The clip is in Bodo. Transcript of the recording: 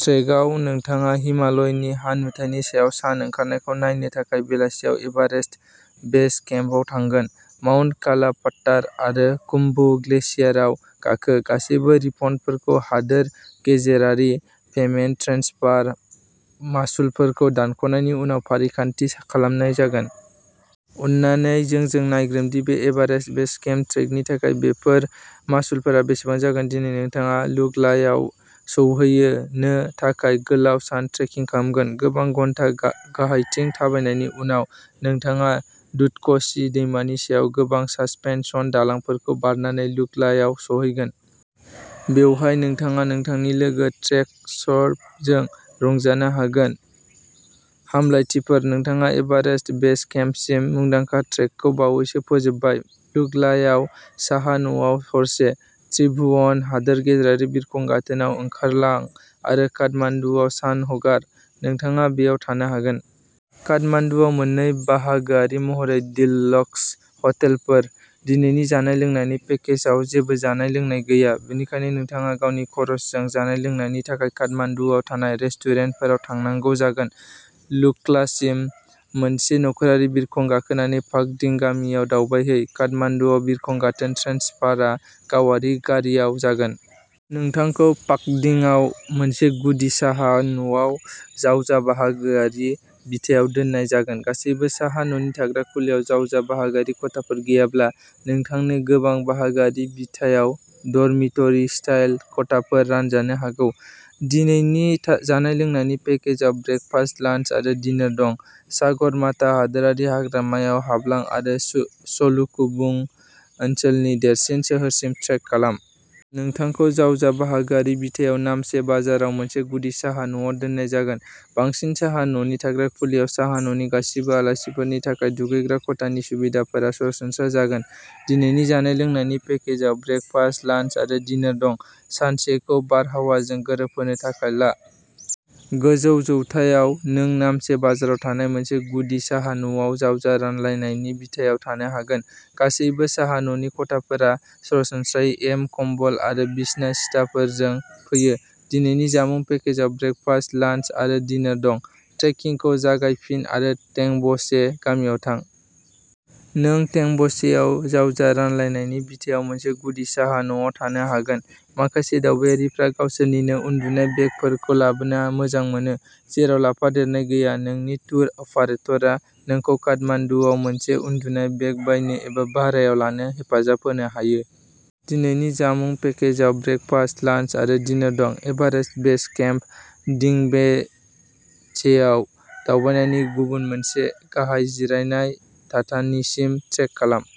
ट्रेकआव, नोंथाङा हिमालयनि हा-नुथायनि सायाव सान ओंखारनायखौ नायनो थाखाय बेलासियाव एभारेस्ट बेस केम्पआव थांगोन। माउन्ट काला पथ्थार आरो खुम्बु ग्लेशियारआव गाखो। गासैबो रिफन्डफोरखौ हादोर गेजेरारि पेमेन्ट ट्रेन्सफार मासुलफोरखौ दानख'नायनि उनाव फारिखान्थि खालामनाय जागोन। अन्नानै जोंजों नायग्रोम दि बे एभारेस्ट बेस केम्प ट्रेकनि थाखाय बेफोर मासुलफोरा बेसेबां जागोन। दिनै नोंथाङा लुकलायाव सौहैनो थाखाय गोलाव सान ट्रेकिं खालामगोन। गोबां घन्टा गाहायथिं थाबायनायनि उनाव, नोंथाङा दुधक'शि दैमानि सायाव गोबां सासपेनसन दालांफोरखौ बारनानै लुकलायाव सौहैगोन। बेवहाय, नोंथाङा नोंथांनि लोगो ट्रेकर्सजों रंजानो हागोन। हामलायथिफोर! नोंथाङा एभारेस्ट बेस केम्पसिम मुंदांखा ट्रेकखौ बावैसो फोजोबबाय। लुकलायाव साहा-न'आव हरसे। त्रिभुवन हादोर गेजेरारि बिरखं गाथोनाव ओंखारलां आरो काठमाण्डूआव सान हगार। नोंथाङा बेयाव थानो हागोन। काठमाण्डुआव मोननै-बाहागोआरि महरै डीलक्स हटेलफोर। दिनैनि जानाय-लोंनायनि पेकेजआव जेबो जानाय-लोंनाय गैया, बेनिखायनो नोंथाङा गावनि खरसजों जानाय-लोंनायनि थाखाय काठमाण्डुआव थानाय रेस्टुरेन्टफोराव थांनांगौ जागोन। लुक्लासिम मोनसे नखरारि बिरखं गाखोनानै फाखदिं गामियाव दावबायहै। काठमाण्डुआव बिरखं गाथोन ट्रेन्सफारआ गावारि गारिआव जागोन। नोंथांखौ फाक्दिंआव मोनसे गुदि साहा-न'आव जावजा-बाहागोआरि बिथायाव दोननाय जागोन। गासैबो साहा-न'नि थाग्रा खुलियाव, जावजा-बाहागोआरि खथाफोर गैयाब्ला, नोंथांनो गोबां-बाहागोआरि बिथायाव डर्मिटरि-स्टाइल खथाफोर रानजानो हागौ। दिनैनि जानाय-लोंनायनि पेकेजाव ब्रेकफास्ट, लान्स आरो डिनर दं। सागरमाथा हादोरारि हाग्रामायाव हाबलां आरो सलुखुंबु ओनसोलनि देरसिन सोहोरसिम ट्रेक खालाम। नोंथांखौ जावजा-बाहागोआरि बिथायाव नामचे बाजाराव मोनसे गुदि साहा-न'आव दोननाय जागोन। बांसिन साहा-न'नि थाग्रा खुलियाव, साहा-न'नि गासिबो आलासिफोरनि थाखाय दुगैग्रा खथानि सुबिदाफोरा सरासनस्रा जागोन। दिनैनि जानाय-लोंनायनि पेकेजाव ब्रेकफास्ट, लान्स आरो डिनर दं। सानसेखौ बारहावाजों गोरोबहोनो थाखाय ला। गोजौ जौथायाव। नों नामचे बाजाराव थानाय मोनसे गुदि साहा-न'आव जावजा-रानलायनायनि बिथायाव थानो हागोन। गासैबो साहा-न'नि खथाफोरा सरासनस्रायै एम, कम्बल आरो बिसना-सिथाफोरजों फैयो। दिनैनि जामुं पेकेजआव ब्रेकफास्ट, लान्स आरो डिनर दं। ट्रेकिंखौ जागायफिन आरो टेंब'चे गामियाव थां। नों टेंब'चेआव जावजा-रानलायनायनि बिथायाव मोनसे गुदि साहा-न'आव थानो हागोन। माखासे दावबायारिफ्रा गावसोरनिनो उनदुनाय बेगफोरखौ लाबोनो मोजां मोनो। जेराव लाफादेरनाय गैया, नोंनि टुर अपारेटरआ नोंखौ काठमान्डूआव मोनसे उनदुनाय बेग बायनो एबा भारायाव लानो हेफाजाब होनो हायो। दिनैनि जामुं पेकेजाव ब्रेकफास्ट, लान्स आरो डिनर दं। एभारेस्ट बेस केम्प, डिंब'चेआव दावबायनायनि गुबुन मोनसे, गाहाय जिरायनाय थाथानिसिम ट्रेक खालाम।